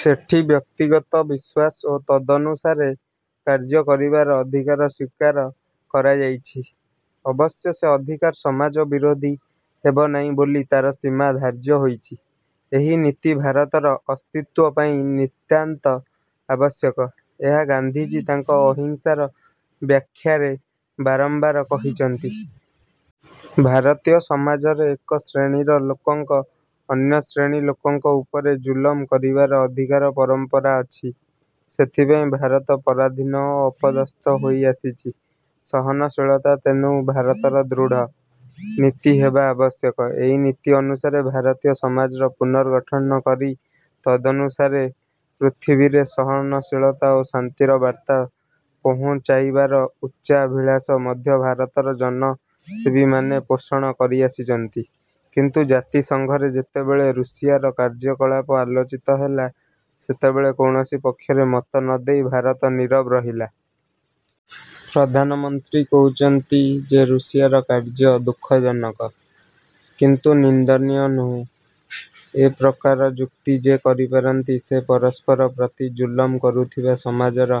ସେଠି ବ୍ୟକ୍ତିଗତ ବିଶ୍ୱାସ ଓ ତଦନୁସାରେ କାର୍ଯ୍ୟ କରିବାର ଅଧିକାର ସ୍ୱୀକାର କରାଯାଇଛି। ଅବଶ୍ୟ ସେ ଅଧିକାର ସମାଜବିରୋଧୀ ହେବନାହିଁ ବୋଲି ତାର ସୀମା ଧାର୍ଯ୍ୟ ହୋଇଛି। ଏହି ନୀତି ଭାରତର ଅସ୍ତିତ୍ୱ ପାଇଁ ନିତାନ୍ତ ଆବଶ୍ୟକ। ଏହା ଗାନ୍ଧିଜୀ ତାଙ୍କ ଅହିଂସାର ବ୍ୟାଖ୍ୟାରେ ବାରମ୍ବାର କହିଛନ୍ତି। ଭାରତୀୟ ସମାଜରେ ଏକ ଶ୍ରେଣୀର ଲୋକଙ୍କ ଅନ୍ୟ ଶ୍ରେଣୀ ଲୋକଙ୍କ ଉପରେ ଜୁଲମ କରିବାର ଅଧିକାର ପରମ୍ପରା ଅଛି। ସେଥିପାଇଁ ଭାରତ ପରାଧୀନ ଓ ଅପଦସ୍ଥ ହୋଇଆସିଛି। ସହନଶୀଳତା ତେଣୁ ଭାରତର ଦୃଢ଼। ନୀତି ହେବା ଆବଶ୍ୟକ। ଏହି ନୀତି ଅନୁସାରେ ଭାରତୀୟ ସମାଜର ପୁନର୍ଗଠନ କରି ତଦନୁସାରେ ପୃଥିବୀରେ ସହନଶୀଳତା ଓ ଶାନ୍ତିର ବାର୍ତ୍ତା ପହୁଞ୍ଚାଇବାର ଉଚ୍ଚାଭିଳାଷ ମଧ୍ୟ ଭାରତର ଜନସେବୀମାନେ ପୋଷଣ କରିଆସିଛନ୍ତି; କିନ୍ତୁ ଜାତିସଂଘରେ ଯେତେବେଳେ ରୁଷିଆର କାର୍ଯ୍ୟକଳାପ ଆଲୋଚିତ ହେଲା, ସେତେବେଳେ କୌଣସି ପକ୍ଷରେ ମତ ନ ଦେଇ ଭାରତ ନୀରବ ରହିଲା। ପ୍ରଧାନମନ୍ତ୍ରୀ କହୁଛନ୍ତି ଯେ ରୁଷିଆର କାର୍ଯ୍ୟ ଦୁଃଖଜନକ; କିନ୍ତୁ ନିନ୍ଦନୀୟ ନୁହେଁ-। ଏପ୍ରକାର ଯୁକ୍ତି ଯେ କରିପାରନ୍ତି, ସେ ପରସ୍ପର ପ୍ରତି ଜୁଲମ କରୁଥିବା ସମାଜର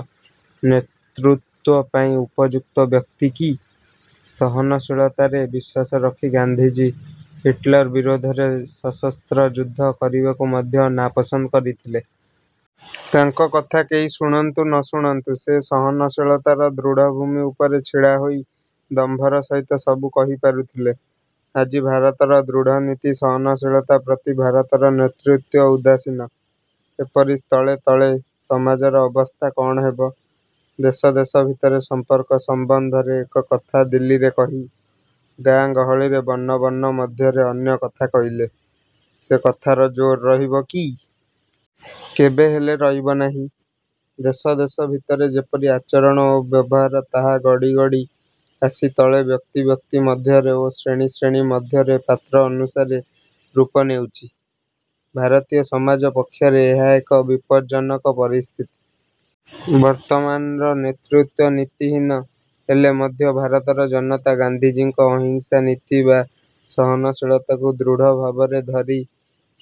ନେତୃତ୍ୱ ପାଇଁ ଉପଯୁକ୍ତ ବ୍ୟକ୍ତି କି? ସହନଶୀଳତାରେ ବିଶ୍ୱାସ ରଖି ଗାନ୍ଧିଜୀ ହିଟ୍ଲର ବିରୋଧରେ ସଶସ୍ତ୍ର ଯୁଦ୍ଧ କରିବାକୁ ମଧ୍ୟ ନାପସନ୍ଦ କରିଥିଲେ। ତାଙ୍କ କଥା କେହି ଶୁଣନ୍ତୁ ନ ଶୁଣନ୍ତୁ ସେ ସହନଶୀଳତାର ଦୃଢ଼ଭୂମି ଉପରେ ଛିଡ଼ାହୋଇ ଦମ୍ଭର ସହିତ ସବୁ କହିପାରୁଥିଲେ। ଆଜି ଭାରତର ଦୃଢ଼ ନୀତି ସହନଶୀଳତା ପ୍ରତି ଭାରତର ନେତୃତ୍ୱ ଉଦାସୀନ। ଏପରି ସ୍ଥଳେ ତଳେ ସମାଜର ଅବସ୍ଥା କଅଣ ହେବ? ଦେଶ ଦେଶ ଭିତରେ ସମ୍ପର୍କ ସମ୍ବନ୍ଧରେ ଏକ କଥା ଦିଲ୍ଲୀରେ କହି, ଗାଁ ଗହଳିରେ ବର୍ଣ୍ଣ ବର୍ଣ୍ଣ ମଧ୍ୟରେ ଅନ୍ୟ କଥା କହିଲେ, ସେ କଥାର ଜୋର ରହିବ କି? କେବେ ହେଲେ ରହିବ ନାହିଁ-। ଦେଶ ଦେଶ ଭିତରେ ଯେପରି ଆଚରଣ ଓ ବ୍ୟବହାର ତାହା ଗଡ଼ି ଗଡ଼ି ଆସି ତଳେ ବ୍ୟକ୍ତି ବ୍ୟକ୍ତି ମଧ୍ୟରେ ଓ ଶ୍ରେଣୀ ଶ୍ରେଣୀ ମଧ୍ୟରେ ପାତ୍ର ଅନୁସାରେ ରୂପ ନେଉଛି-। ଭାରତୀୟ ସମାଜ ପକ୍ଷରେ ଏହା ଏକ ବିପଜ୍ଜନକ ପରିସ୍ଥିତି। ବର୍ତ୍ତମାନର ନେତୃତ୍ୱ ନୀତିହୀନ ହେଲେ ମଧ୍ୟ ଭାରତର ଜନତା ଗାନ୍ଧିଜୀଙ୍କ ଅହିଂସା ନୀତି ବା ସହନଶୀଳତାକୁ ଦୃଢ଼ ଭାବରେ ଧରି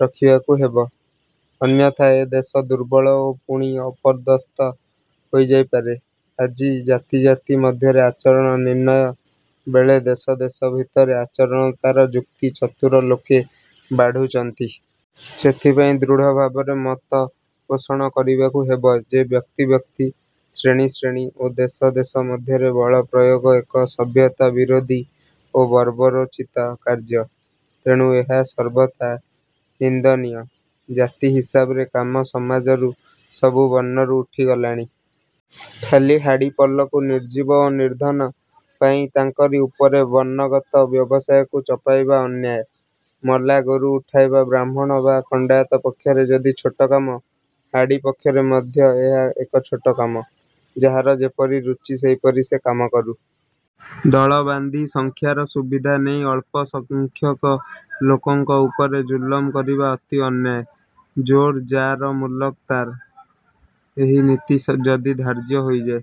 ରଖିବାକୁ ହେବ-। ଅନ୍ୟଥା ଏ ଦେଶ ଦୁର୍ବଳ ଓ ପୁଣି ଅପଦସ୍ଥ ହୋଇଯାଇପାରେ। ଆଜି ଜାତି ଜାତି ମଧ୍ୟରେ ଆଚରଣ ନିର୍ଣ୍ଣୟବେଳେ ଦେଶ ଦେଶ ଭିତରେ ଆଚରଣତାର ଯୁକ୍ତି ଚତୁର ଲୋକେ ବାଢ଼ୁଛନ୍ତି। ସେଥିପାଇଁ ଦୃଢ଼ଭାବରେ ମତ ପୋଷଣ କରିବାକୁ ହେବ ଯେ ବ୍ୟକ୍ତି ବ୍ୟକ୍ତି, ଶ୍ରେଣୀ ଶ୍ରେଣୀ ଓ ଦେଶ ଦେଶ ମଧ୍ୟରେ ବଳ ପ୍ରୟୋଗ ଏକ ସଭ୍ୟତା ବିରୋଧୀ ଓ ବର୍ବରୋଚିତ କାର୍ଯ୍ୟ। ତେଣୁ ଏହା ସର୍ବଥା 'ନିନ୍ଦନୀୟ' ଜାତି ହିସାବରେ କାମ ସମାଜରୁ ସବୁ ବର୍ଣ୍ଣରୁ ଉଠିଗଲାଣି। ଖାଲି ହାଡ଼ିପଲକୁ ନିର୍ଜୀବ ଓ ନିର୍ଦ୍ଧନ ପାଇ ତାଙ୍କରି ଉପରେ ବର୍ଣ୍ଣଗତ ବ୍ୟବସାୟକୁ ଚପାଇବା ଅନ୍ୟାୟ। ମଲା ଗୋରୁ ଉଠାଇବା ବ୍ରାହ୍ମଣ ବା ଖଣ୍ଡାୟତ ପକ୍ଷରେ ଯଦି ଛୋଟ କାମ, ହାଡ଼ି ପକ୍ଷରେ ମଧ୍ୟ ଏହା ଏକ ଛୋଟ କାମ। ଯାହାର ଯେପରି ରୁଚି ସେହିପରି ସେ କାମ କରୁ। ଦଳ ବାନ୍ଧି ସଂଖ୍ୟାର ସୁବିଧା ନେଇ ଅଳ୍ପସଂଖ୍ୟକ ଲୋକଙ୍କ ଉପରେ ଜୁଲମ କରିବା ଅତି ଅନ୍ୟାୟ। ଜୋର୍ ଯା'ର ମୁଲକ ତା'ର ଏହି ନୀତି ଯଦି ଧାର୍ଯ୍ୟ ହୋଇଯାଏ,